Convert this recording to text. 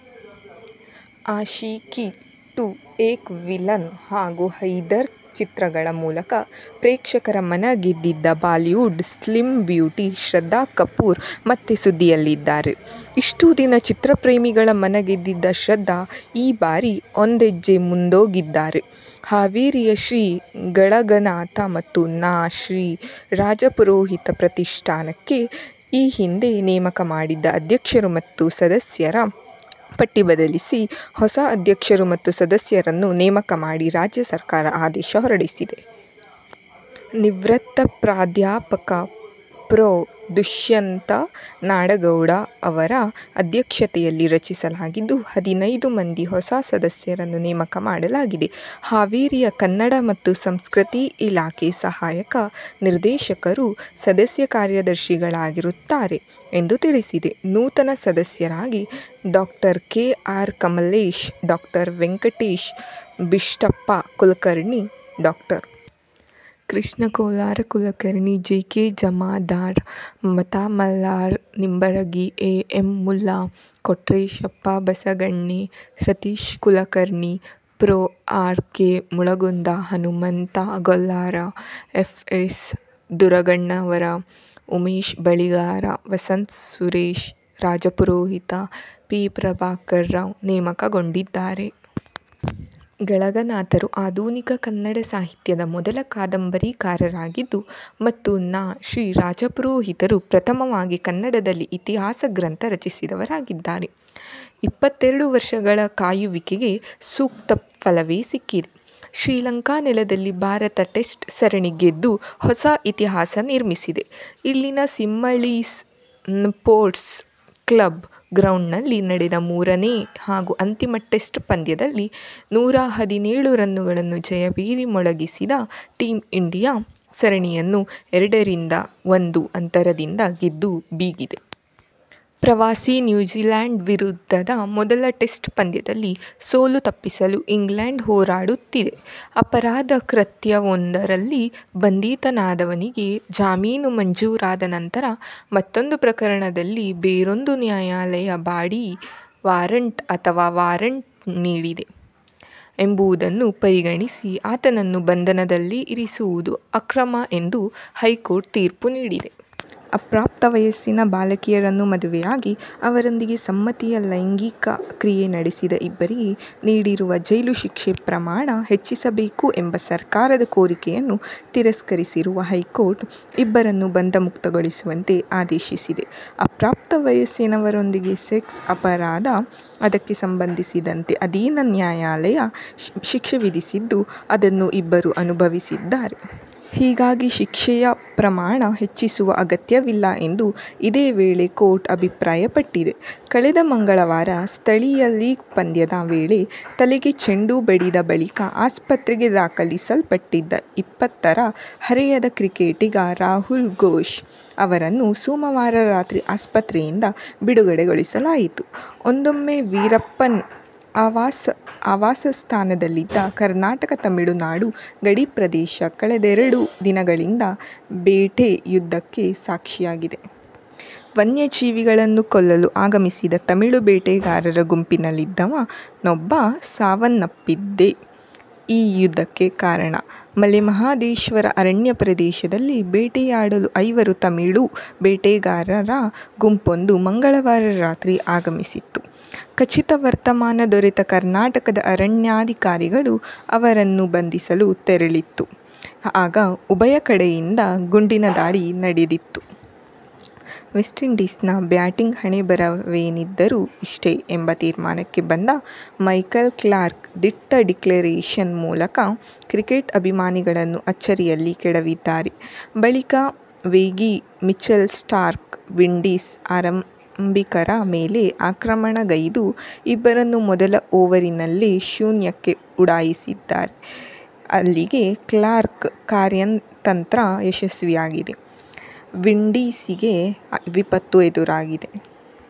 Aashiqui two, Ek villain ಹಾಗೂ ಹೈದರ್ ಚಿತ್ರಗಳ ಮೂಲಕ ಪ್ರೇಕ್ಷಕರ ಮನಗೆದ್ದಿದ್ದ ಬಾಲಿವುಡ್ ಸ್ಲಿಂ ಬ್ಯೂಟಿ ಶ್ರದ್ಧಾ ಕಪೂರ್ ಮತ್ತೆ ಸುದ್ದಿಯಲ್ಲಿದ್ದಾರೆ. ಇಷ್ಟು ದಿನ ಚಿತ್ರಪ್ರೇಮಿಗಳ ಮನಗೆದಿದ್ದ ಶ್ರದ್ದಾ ಈ ಬಾರಿ ಒಂದೆಜ್ಜೆ ಮುಂದೊಗಿದ್ದಾರೆ. ಹಾವೇರಿಯ ಶ್ರೀ ಗಳಗನಾಥ ಮತ್ತು ನಾ. ಶ್ರೀ. ರಾಜಪುರೋಹಿತ ಪ್ರತಿಷ್ಠಾನಕ್ಕೆ ಈ ಹಿಂದೆ ನೇಮಕ ಮಾಡಿದ್ದ ಅಧ್ಯಕ್ಷರು ಮತ್ತು ಸದಸ್ಯರ ಪಟ್ಟಿ ಬದಲಿಸಿ ಹೊಸ ಅಧ್ಯಕ್ಷರು ಮತ್ತು ಸದಸ್ಯರನ್ನು ನೇಮಕ ಮಾಡಿ ರಾಜ್ಯ ಸರ್ಕಾರ ಆದೇಶ ಹೊರಡಿಸಿದೆ. ನಿವೃತ್ತ ಪ್ರಾಧ್ಯಾಪಕ ಪ್ರೊ. ದುಷ್ಯಂತ ನಾಡಗೌಡ ಅವರ ಅಧ್ಯಕ್ಷತೆಯಲ್ಲಿ ರಚಿಸಲಾಗಿದ್ದು, ಹದಿನೈದು ಮಂದಿ ಹೊಸ ಸದಸ್ಯರನ್ನು ನೇಮಕ ಮಾಡಲಾಗಿದೆ. ಹಾವೇರಿಯ ಕನ್ನಡ ಮತ್ತು ಸಂಸ್ಕೃತಿ ಇಲಾಖೆ ಸಹಾಯಕ ನಿರ್ದೇಶಕರು ಸದಸ್ಯ ಕಾರ್ಯದರ್ಶಿಗಳಾಗಿರುತ್ತಾರೆ ಎಂದು ತಿಳಿಸಿದೆ. ನೂತನ ಸದಸ್ಯರಾಗಿ ಡಾ. ಕೆ. ಆರ್. ಕಮಲೇಶ್, ಡಾ. ವೆಂಕಟೇಶ್ ಬಿಷ್ಟಪ್ಪ ಕುಲಕರ್ಣಿ, ಡಾ. Krishna Kolhar Kulkarni, J. K. Jamadar, Mamata Malhar Nimbaragi, A. M. Mulla, Kotreshappa Basaganne, Satish Kulkarni, ಪ್ರೊ. R. K. Mulagund, Hanumant Gollar, F. S. Duragannavar, Umesh Baligar, Vasant Suresh Rajpurohit, P. Prabhakar Rao ನೇಮಕಗೊಂಡಿದ್ದಾರೆ. ಗಳಗನಾಥರು ಆಧುನಿಕ ಕನ್ನಡ ಸಾಹಿತ್ಯದ ಮೊದಲ ಕಾದಂಬರಿಕಾರರಾಗಿದ್ದು ಮತ್ತು ನಾ. ಶ್ರೀ. ರಾಜಪುರೋಹಿತರು ಪ್ರಥಮವಾಗಿ ಕನ್ನಡದಲ್ಲಿ ಇತಿಹಾಸ ಗ್ರಂಥ ರಚಿಸಿದವರಾಗಿದ್ದಾರೆ. ಇಪ್ಪತ್ತೆರಡು ವರ್ಷಗಳ ಕಾಯುವಿಕೆಗೆ ಸೂಕ್ತ ಫಲವೇ ಸಿಕ್ಕಿದೆ. ಶ್ರೀಲಂಕಾ ನೆಲದಲ್ಲಿ ಭಾರತ ಟೆಸ್ಟ್ ಸರಣಿ ಗೆದ್ದು ಹೊಸ ಇತಿಹಾಸ ನಿರ್ಮಿಸಿದೆ. ಇಲ್ಲಿನ ಸಿಂಹಳೀಸ್ ನ್ಪೋರ್ಟ್ಸ್ ಕ್ಲಬ್ ಗ್ರೌಂಡ್ನಲ್ಲಿ ನಡೆದ ಮೂರನೇ ಹಾಗೂ ಅಂತಿಮ ಟೆಸ್ಟ್ ಪಂದ್ಯದಲ್ಲಿ ನೂರಾ ಹದಿನೇಳು ರನ್ನುಗಳ ಜಯಭೇರಿ ಮೊಳಗಿಸಿದ ಟೀಮ್ ಇಂಡಿಯಾ, ಸರಣಿಯನ್ನು ಎರಡರಿಂದ ಒಂದು ಅಂತರದಿಂದ ಗೆದ್ದು ಬೀಗಿದೆ. ಪ್ರವಾಸಿ ನ್ಯೂಜಿಲ್ಯಾಂಡ್ ವಿರುದ್ಧದ ಮೊದಲ ಟೆಸ್ಟ್ ಪಂದ್ಯದಲ್ಲಿ ಸೋಲು ತಪ್ಪಿಸಲು ಇಂಗ್ಲೆಂಡ್ ಹೋರಾಡುತ್ತಿದೆ. ಅಪರಾಧ ಕೃತ್ಯವೊಂದರಲ್ಲಿ ಬಂಧಿತನಾದವನಿಗೆ ಜಾಮೀನು ಮಂಜೂರಾದ ನಂತರ ಮತ್ತೊಂದು ಪ್ರಕರಣದಲ್ಲಿ ಬೇರೊಂದು ನ್ಯಾಯಾಲಯ ಬಾಡಿ ವಾರಂಟ್ ಅಥವಾ ವಾರಂಟ್ ನೀಡಿದೆ ಎಂಬುದನ್ನು ಪರಿಗಣಿಸಿ ಆತನನ್ನು ಬಂಧನದಲ್ಲೇ ಇರಿಸುವುದು ಅಕ್ರಮ ಎಂದು ಹೈಕೋರ್ಟ್ ತೀರ್ಪು ನೀಡಿದೆ. ಅಪ್ರಾಪ್ತ ವಯಸ್ಸಿನ ಬಾಲಕಿಯರನ್ನು ಮದುವೆಯಾಗಿ ಅವರೊಂದಿಗೆ ಸಮ್ಮತಿಯ ಲೈಂಗಿಕ ಕ್ರಿಯೆ ನಡೆಸಿದ ಇಬ್ಬರಿಗೆ ನೀಡಿರುವ ಜೈಲು ಶಿಕ್ಷೆ ಪ್ರಮಾಣ ಹೆಚ್ಚಿಸಬೇಕು ಎಂಬ ಸರ್ಕಾರದ ಕೋರಿಕೆಯನ್ನು ತಿರಸ್ಕರಿಸಿರುವ ಹೈಕೋರ್ಟ್, ಇಬ್ಬರನ್ನೂ ಬಂಧಮುಕ್ತಗೊಳಿಸುವಂತೆ ಆದೇಶಿಸಿದೆ. ಅಪ್ರಾಪ್ತ ವಯಸ್ಸಿನವರೊಂದಿಗೆ ಸೆಕ್ಸ್ ಅಪರಾಧ. ಅದಕ್ಕೆ ಸಂಬಂಧಿಸಿದಂತೆ ಅಧೀನ ನ್ಯಾಯಾಲಯ ಶಿಕ್ಷೆ ವಿಧಿಸಿದ್ದು, ಅದನ್ನು ಇಬ್ಬರೂ ಅನುಭವಿಸಿದ್ದಾರೆ. ಹೀಗಾಗಿ ಶಿಕ್ಷೆಯ ಪ್ರಮಾಣ ಹೆಚ್ಚಿಸುವ ಅಗತ್ಯವಿಲ್ಲ ಎಂದು ಇದೇ ವೇಳೆ ಕೋರ್ಟ್ ಅಭಿಪ್ರಾಯಪಟ್ಟಿದೆ. ಕಳೆದ ಮಂಗಳವಾರ ಸ್ಥಳೀಯ ಲೀಗ್ ಪಂದ್ಯದ ವೇಳೆ ತಲೆಗೆ ಚೆಂಡು ಬಡಿದ ಬಳಿಕ ಆಸ್ಪತ್ರೆಗೆ ದಾಖಲಿಸಲ್ಪಟ್ಟಿದ್ದ ಇಪ್ಪತ್ತರ ಹರೆಯದ ಕ್ರಿಕೆಟಿಗ ರಾಹುಲ್ ಘೋಷ್ ಅವರನ್ನು ಸೋಮವಾರ ರಾತ್ರಿ ಆಸ್ಪತ್ರೆಯಿಂದ ಬಿಡುಗಡೆಗೊಳಿಸಲಾಯಿತು. ಒಂದೊಮ್ಮೆ ವೀರಪ್ಪನ್ ಆವಾಸಸ್ಥಾನವಾಗಿದ್ದ ಕರ್ನಾಟಕ-ತಮಿಳುನಾಡು ಗಡಿ ಪ್ರದೇಶ ಕಳೆದೆರಡು ದಿನಗಳಿಂದ ಬೇಟೆಯುದ್ಧಕ್ಕೆ ಸಾಕ್ಷಿಯಾಗಿದೆ. ವನ್ಯಜೀವಿಗಳನ್ನು ಕೊಲ್ಲಲು ಆಗಮಿಸಿದ್ದ ತಮಿಳು ಬೇಟೆಗಾರರ ಗುಂಪಿನಲ್ಲಿದ್ದವ ನೊಬ್ಬ ಸಾವನ್ನಪ್ಪಿದ್ದೇ ಈ ಯುದ್ಧಕ್ಕೆ ಕಾರಣ. ಮಲೆ ಮಹದೇಶ್ವರ ಅರಣ್ಯ ಪ್ರದೇಶದಲ್ಲಿ ಬೇಟೆಯಾಡಲು ಐವರು ತಮಿಳು ಬೇಟೆಗಾರರ ಗುಂಪೊಂದು ಮಂಗಳವಾರ ರಾತ್ರಿ ಆಗಮಿಸಿತ್ತು. ಖಚಿತ ವರ್ತಮಾನ ದೊರೆತ ಕರ್ನಾಟಕದ ಅರಣ್ಯಾಧಿಕಾರಿಗಳು ಅವರನ್ನು ಬಂಧಿಸಲು ತೆರಳಿತ್ತು. ಆಗ ಉಭಯ ಕಡೆಯಿಂದ ಗುಂಡಿನ ದಾಳಿ ನಡೆದಿತ್ತು. ವೆಸ್ಟ್ ಇಂಡೀಸಿನ ಬ್ಯಾಟಿಂಗ್ ಹಣೆಬರಹವೇನಿದ್ದರೂ ಇಷ್ಟೇ ಎಂಬ ತೀರ್ಮಾನಕ್ಕೆ ಬಂದ ಮೈಕಲ್ ಕ್ಲಾರ್ಕ್ ದಿಟ್ಟ ಡಿಕ್ಲರೇಷನ್ ಮೂಲಕ ಕ್ರಿಕೆಟ್ ಅಭಿಮಾನಿಗಳನ್ನು ಅಚ್ಚರಿಯಲ್ಲಿ ಕೆಡವಿದ್ದಾರೆ. ಬಳಿಕ ವೇಗಿ ಮಿಚೆಲ್ ಸ್ಟಾರ್ಕ್ ವಿಂಡೀಸ್ ಆರಂಭಿಕರ ಮೇಲೆ ಆಕ್ರಮಣಗೈದು ಇಬ್ಬರನ್ನೂ ಮೊದಲ ಓವರಿನಲ್ಲೇ ಶೂನ್ಯಕ್ಕೆ ಉಡಾಯಿಸಿದ್ದಾರೆ. ಅಲ್ಲಿಗೆ ಕ್ಲಾರ್ಕ್ ಕಾರ್ಯತಂತ್ರ ಯಶಸ್ವಿಯಾಗಿದೆ; ವಿಂಡೀಸಿಗೆ ವಿಪತ್ತು ಎದುರಾಗಿದೆ.